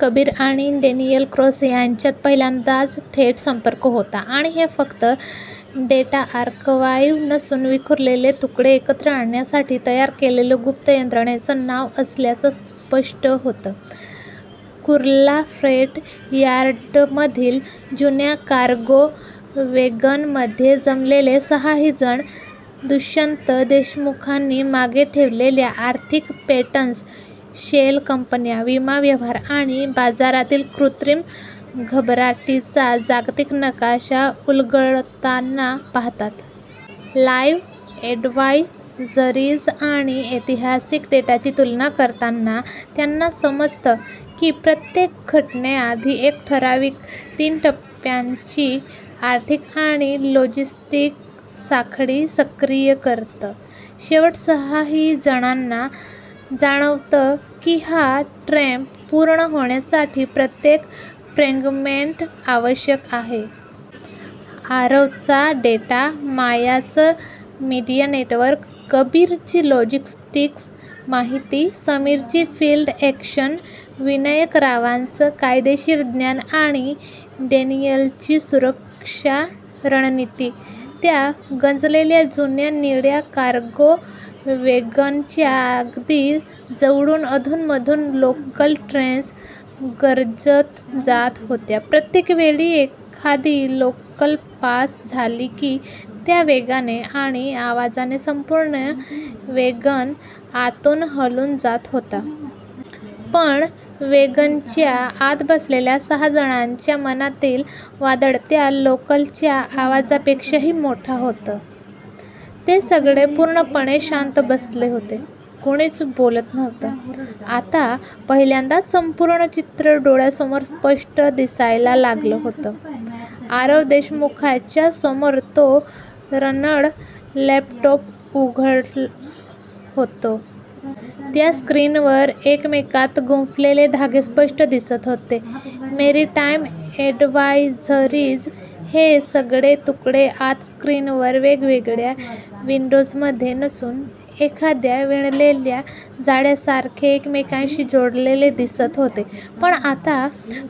कबीर आणि Daniel Cross यांच्यात पहिल्यांदाच थेट संपर्क होतो आणि हे फक्त डेटा आर्काइव्ह नसून विखुरलेले तुकडे एकत्र आणण्यासाठी तयार केलेलं गुप्त यंत्रणेचं नाव असल्याचं स्पष्ट होतं. कुर्ला फ्रेट यार्डमधील जुन्या कार्गो वॅगनमध्ये जमलेले सहाही जण दुष्यंत देशमुखांनी मागे ठेवलेल्या आर्थिक पॅटर्न्स, शेल कंपन्या, विमा व्यवहार आणि बाजारातील कृत्रिम घबराटीचा जागतिक नकाशा उलगडताना पाहतात. लाईव्ह अॅडव्हायझरीज आणि ऐतिहासिक डेटाची तुलना करताना त्यांना समजतं की प्रत्येक घटने आधी एक ठरावीक तीन-टप्प्यांची आर्थिक आणि लॉजिस्टिक साखळी सक्रिय करतं. शेवटी सहाही जणांना जाणवतं की हा ट्रॅप पूर्ण होण्यासाठी प्रत्येक फ्रॅगमेंट आवश्यक आहे. आरवचा डेटा, मायाचं मीडिया नेटवर्क, कबीरची लॉजिस्टिक्स माहिती, समीरची फिल्ड अॅक्शन, विनायकरावांचं कायदेशीर ज्ञान आणि डॅनियलची सुरक्षा रणनीती. त्या गंजलेल्या जुन्या निळ्या कार्गो वॅगनच्या अगदी जवळून अधूनमधून लोकल ट्रेन्स गर्जत जात होत्या. प्रत्येक वेळी एखादी लोकल पास झाली की त्या वेगाने आणि आवाजाने संपूर्ण वॅगन आतून हलून जात होता. पण वॅगनच्या आत बसलेल्या सहा जणांच्या मनातील वादळ त्या लोकलच्या आवाजापेक्षाही मोठं होतं. ते सगळे पूर्णपणे शांत बसले होते. कोणीच बोलत नव्हतं. आता पहिल्यांदाच संपूर्ण चित्र डोळ्यांसमोर स्पष्ट दिसायला लागलं होतं. आरव देशमुखच्या समोर तो रग्ड लॅपटॉप उघडा होता. त्या स्क्रीनवर एकमेकांत गुंफलेले धागे स्पष्ट दिसत होते: मॅरिटाईम अॅडव्हायझरीज हे सगळे तुकडे आता स्क्रीनवर वेगवेगळ्या विंडोजमध्ये नसून, एखाद्या विणलेल्या जाळ्यासारखे एकमेकांशी जोडलेले दिसत होते. पण आता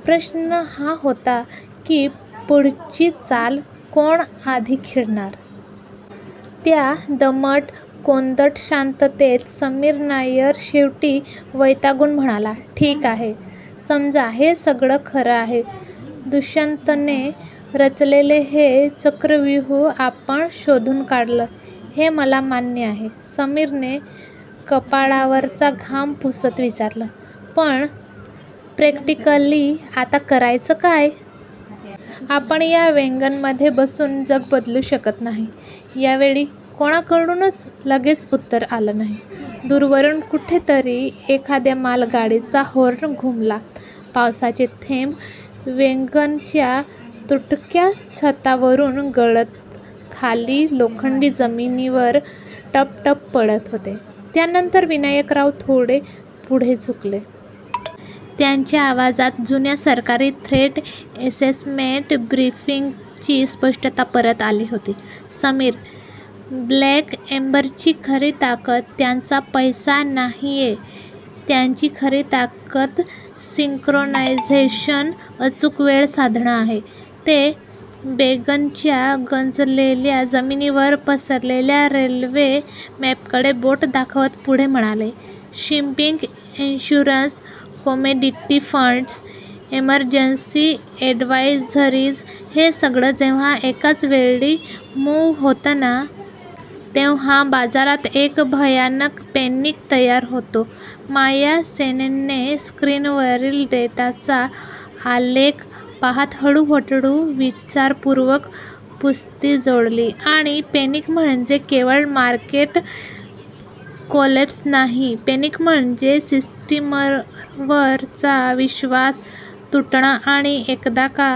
प्रश्न हा होता की पुढची चाल कोण आधी खेळणार? त्या दमट, कोंदट शांततेत समीर नायर शेवटी वैतागून म्हणाला, "ठीक आहे. समजा हे सगळं खरं आहे. दुष्यंतने रचलेले हे चक्रव्यूह आपण शोधून काढलं, हे मला मान्य आहे." समीरने कपाळावरचा घाम पुसत विचारलं," पण प्रॅक्टिकली आता करायचं काय? आपण या वॅगनमध्ये बसून जग बदलू शकत नाही." यावेळी कोणाकडूनच लगेच उत्तर आलं नाही. दूरवरून कुठेतरी एखाद्या मालगाडीचा हॉर्न घुमला. पावसाचे थेंब वॅगनच्या तुटक्या छतावरून गळत खाली लोखंडी जमिनीवर 'टप-टप' पडत होते. त्यानंतर विनायकराव थोडे पुढे झुकले. त्यांच्या आवाजात जुन्या सरकारी 'थ्रेट अॅसेसमेंट ब्रीफिंग'ची स्पष्टता परत आली होती. "समीर, ब्लॅक एम्बरची खरी ताकद त्यांचा पैसा नाहीये. त्यांची खरी ताकद 'सिंक्रोनायझेशन' अचूक वेळ साधणं आहे." ते वॅगनच्या गंजलेल्या जमिनीवर पसरलेल्या रेल्वे मॅपकडे बोट दाखवत पुढे म्हणाले, "shipping insurers, commodity funds, emergency advisories हे सगळं जेव्हा एकाच वेळी, मूव्ह होतं ना. तेव्हा बाजारात एक भयानक पॅनिक तयार होतो." माया सेनने स्क्रीनवरील डेटाचा आलेख पाहत हळूहळू, विचारपूर्वक पुस्ती जोडली, आणि पॅनिक म्हणजे केवळ मार्केट कोलॅप्स नाही, पॅनिक म्हणजे सिस्टीमवरचा 'विश्वास तुटणं' आणि एकदा का